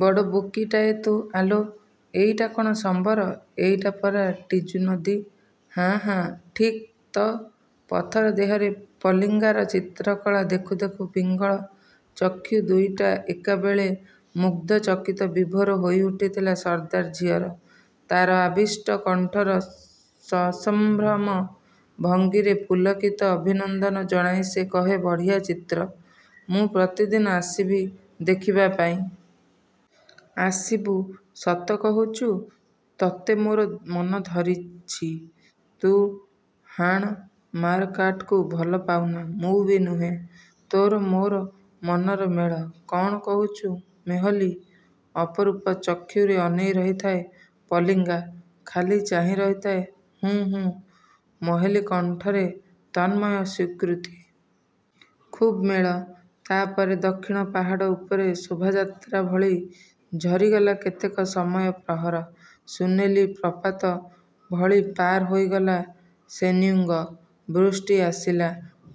-ବଡ଼ ବୋକୀଟାଏ ତୁ। ଆଲୋ, ଏଇଟା କ'ଣ ସମ୍ବର? ଏଇଟା ପରା ଟିଜୁ ନଦୀ! -ହାଁ ହାଁ, ଠିକ୍ ତ। ପଥର ଦେହରେ ପଲିଙ୍ଗାର ଚିତ୍ରକଳା ଦେଖୁ ଦେଖୁ ପିଙ୍ଗଳ ଚକ୍ଷୁ ଦୁଇଟା ଏକାବେଳେ ମୁଗ୍ଧ ଚକିତ ବିଭୋର ହୋଇଉଠିଥିଲା ସର୍ଦ୍ଦାର ଝିଅର। ତାର ଆବିଷ୍ଟ କଣ୍ଠର ସସଂଭ୍ରମ ଭଙ୍ଗୀରେ ପୁଲକିତ ଅଭିନନ୍ଦନ ଜଣାଇ ସେ କହେ -ବଢ଼ିଆ ଚିତ୍ର; ମୁଁ ପ୍ରତିଦିନ ଆସିବି ଦେଖିବା ପାଇଁ। -ଆସିବୁ? ସତ କହୁଚୁ? ତତେ ମୋର ମନ ଧରିଛି। ତୁ ହାଣ ମାରକାଟକୁ ଭଲ ପାଉନା, ମୁଁ ବି ନୁହେଁ। ତୋର ମୋର ମନର ମେଳ। କ'ଣ କହୁଚୁ ମେହଲୀ? ଅପରୂପ ଚକ୍ଷୁରେ ଅନେଇ ରହିଥାଏ ପଲିଙ୍ଗା, ଖାଲି ଚାହିଁ ରହିଥାଏ। ''ହୁଁ ହୁଁ''-ମହେଲୀ କଣ୍ଠରେ ତନ୍ମୟ ସ୍ୱୀକୃତି। ଖୁବ୍ ମେଳ! ତା ପରେ ଦକ୍ଷିଣ ପାହାଡ଼ ଉପରେ ଶୋଭାଯାତ୍ରା ଭଳି ଝରିଗଲା କେତେକ ସମୟ ପ୍ରହର। ସୁନେଲି ପ୍ରପାତ ଭଳି ପାର ହୋଇଗଲା ସେନ୍ୟୁଙ୍ଗ। ବୃଷ୍ଟି ଆସିଲା।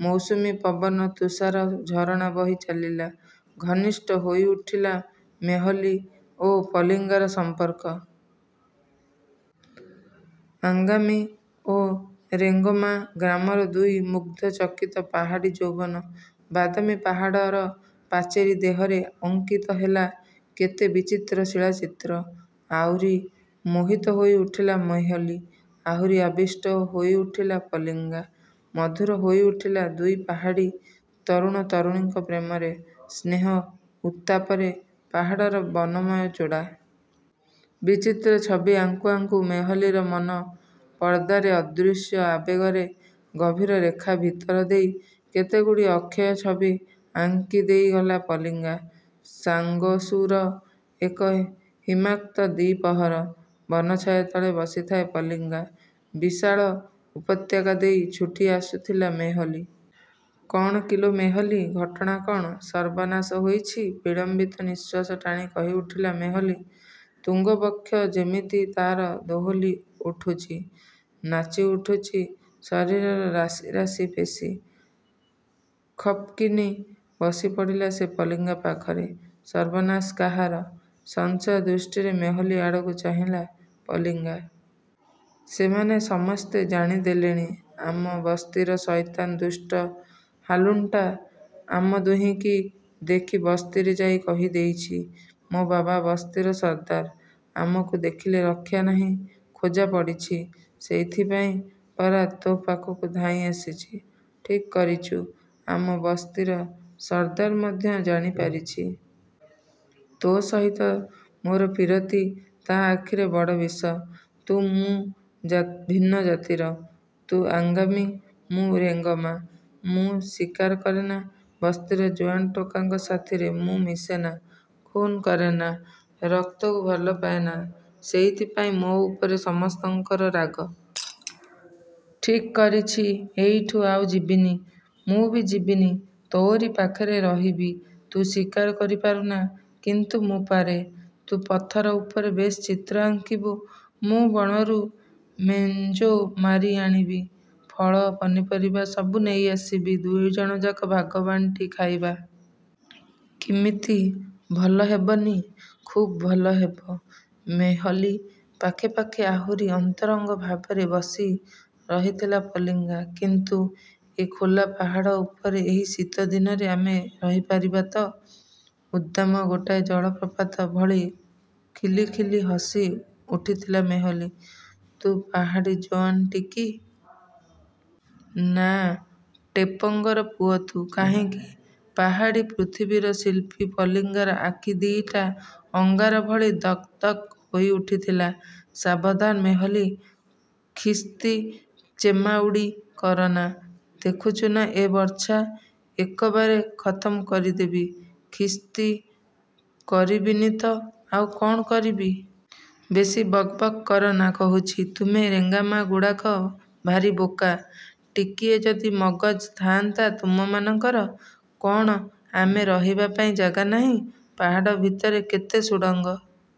ମୌସୁମୀ ପବନ, ତୁଷାର ଝରଣା ବହି ଚାଲିଲା। ଘନିଷ୍ଠ ହୋଇଉଠିଲା ମେହଲୀ ଓ ପଲିଙ୍ଗାର ସମ୍ପର୍କ। ଆଙ୍ଗାମି ଓ ରେଙ୍ଗମା ଗ୍ରାମର ଦୁଇ ମୁଗ୍ଧଚକିତ ପାହାଡ଼ୀ ଯୌବନ। ବାଦାମୀ ପାହାଡ଼ର ପାଚେରୀ ଦେହରେ ଅଙ୍କିତ ହେଲା କେତେ ବିଚିତ୍ର ଶିଳାଚିତ୍ର। ଆହୁରି ମୋହିତ ହୋଇ ଉଠିଲା ମେହଲୀ, ଆହୁରି ଆବିଷ୍ଟ ହୋଇଉଠିଲା ପଲିଙ୍ଗା। ମଧୁର ହୋଇଉଠିଲା ଦୁଇ ପାହାଡ଼ୀ ତରୁଣ ତରୁଣୀଙ୍କ ପ୍ରେମରେ, ସ୍ନେହ ଉତ୍ତାପରେ ପାହାଡ଼ର ବନମୟ ଚୂଡ଼ା। ବିଚିତ୍ର ଛବି ଆଙ୍କୁ ଆଙ୍କୁ ମେହଲୀର ମନ-ପର୍ଦ୍ଦାରେ ଅଦୃଶ୍ୟ ଆବେଗରେ ଗଭୀର ରେଖା ଭିତର ଦେଇ କେତେଗୁଡ଼ିଏ ଅକ୍ଷୟ ଛବି ଆଙ୍କି ଦେଇ ଗଲା ପଲିଙ୍ଗା-। ସାଙ୍ଗସୁ ର ଏକ ହିମାକ୍ତ ଦି'ପହର। ବନଛାୟା ତଳେ ବସିଥାଏ ପଲିଙ୍ଗା-। ବିଶାଳ ଉପତ୍ୟକା ଦେଇ ଛୁଟି ଆସୁଥିଲା ମେହଲୀ। -କ'ଣ କିଲୋ ମେହଲୀ! ଘଟଣା କ'ଣ? -ସର୍ବନାଶ ହୋଇଛି। ବିଳମ୍ବିତ ନିଶ୍ୱାସ ଟାଣି କହିଉଠିଲା ମେହଲୀ। ତୁଙ୍ଗ ବକ୍ଷ ଯେମିତି ତାର ଦୋହଲି ଉଠୁଛି। ନାଚିଉଠୁଛି ଶରୀରର ରାଶି ରାଶି ପେଶି। ଖପ୍କିନି ବସିପଡ଼ିଲା ସେ ପିଲିଙ୍ଗା ପାଖରେ। -ସର୍ବନାଶ କାହାର? ସଂଶୟ ଦୃଷ୍ଟିରେ ମେହଲୀ ଆଡ଼କୁ ଚାହିଁଲା ପଲିଙ୍ଗା। -ସେମାନେ ସମସ୍ତେ ଜାଣିଦେଲେଣି। ଆମ ବସ୍ତିର ସଇତାନ ଦୁଷ୍ଟ ହାଲୁଂଟା ଆମ ଦୁହିଁକି ଦେଖି ବସ୍ତିରେ ଯାଇ କହିଦେଇଛି। ମୋ ବାବା ବସ୍ତିର ସର୍ଦ୍ଦାର। ଆମକୁ ଦେଖିଲେ ରକ୍ଷା ନାହିଁ ଖୋଜା ପଡ଼ିଛି। ସେଇଥିପାଇଁ ପରା ତୋ ପାଖକୁ ଧାଇଆସିଛି! -ଠିକ୍ କରିଚୁ, ଆମ ବସ୍ତିର ସର୍ଦ୍ଦାର ମଧ୍ୟ ଜାଣିପାରିଛି। ତୋ ସହିତ ମୋର ପୀରତି ତା ଆଖିରେ ବଡ଼ ବିଷ। ତୁ, ମୁଁ ଭିନ୍ନ ଜାତିର। ତୁ ଆଙ୍ଗାମୀ, ମୁଁ ରେଙ୍ଗମା। ମୁଁ ଶିକାର କରେନା। ବସ୍ତିର ଯୁଆନ୍ ଟୋକାଙ୍କ ସାଥିରେ ମୁଁ ମିଶେନା। ଖୁନ୍ କରେନା। ରକ୍ତକୁ ଭଲ ପାଏନା। ସେଇଥିପାଇଁ ମୋ ଉପରେ ସମସ୍ତଙ୍କର ରାଗ। ଠିକ୍ କରିଛି, ଏଇଠୁ ଆଉ ଯିବିନି। -ମୁଁ ବି ଯିବିନି। ତୋଅରି ପାଖରେ ରହିବି। ତୁ ଶିକାର କରିପାରୁନା, କିନ୍ତୁ ମୁଁ ପାରେ-। ତୁ ପଥର ଉପରେ ବେଶ ଚିତ୍ର ଆଙ୍କିବୁ। ମୁଁ ବଣରୁ ମେନ୍ଜୋ ମାରି ଆଣିବି। ଫଳ, ପନିପରିବା ସବୁ ନେଇଆସିବି, ଦୁଇଜଣଯାକ ଭାଗବାଣ୍ଟି ଖାଇବା। କିମିତି, ଭଲ ହେବନି-? -ଖୁବ୍ ଭଲ ହେବ। ମେହଲୀ ପାଖେ ପାଖେ ଆହୁରି ଅନ୍ତରଙ୍ଗ ଭାବରେ ବସି ରହିଥିଲା ପଲିଙ୍ଗା।। -କିନ୍ତୁ ଏ ଖୋଲା ପାହାଡ଼ ଉପରେ ଏହି ଶୀତ ଦିନରେ ଆମେ ରହିପାରିବା ତ? ଉଦ୍ଦାମ ଗୋଟାଏ ଜଳପ୍ରପାତ ଭଳି ଖିଲି ଖିଲି ହସି ଉଠିଥିଲା ମେହଲୀ-''ତୁ ପାହାଡ଼ୀ ଜୋଆନ ଟିକି? ନା ଟେପଙ୍ଗର ପୁଅ ତୁ? -କାହିଁକି? ପାହାଡ଼ୀ ପୃଥିବୀର ଶିଳ୍ପୀ ପଲିଙ୍ଗାର ଆଖି ଦିଇଟା ଅଙ୍ଗାର ଭଳି ଦକ୍ ଦକ୍ ହୋଇଉଠିଥିଲା। -ସାବଧାନ ମେହଲୀ! ଖିସ୍ତି ଚେମାଉଡ଼ି କରନା। ଦେଖୁଚୁନା ଏ ବର୍ଚ୍ଛା, ଏକବାରେ ଖତମ କରିଦେବି। -ଖିସ୍ତି କରିବିନି ତ ଆଉ କ'ଣ କରିବି? ବେଶୀ ବକ୍ ବକ୍ କରନା କହୁଛି। ତୁମେ ରେଙ୍ଗାମାଗୁଡ଼ାକ ଭାରି ବୋକା। ଟିକିଏ ଯଦି ମଗଜ ଥାଆନ୍ତା ତୁମମାନଙ୍କର! କ'ଣ ଆମେ ରହିବା ପାଇଁ ଜାଗା ନାହିଁ? ପାହାଡ଼ ଭିତରେ କେତେ ସୁଡ଼ଙ୍ଗ।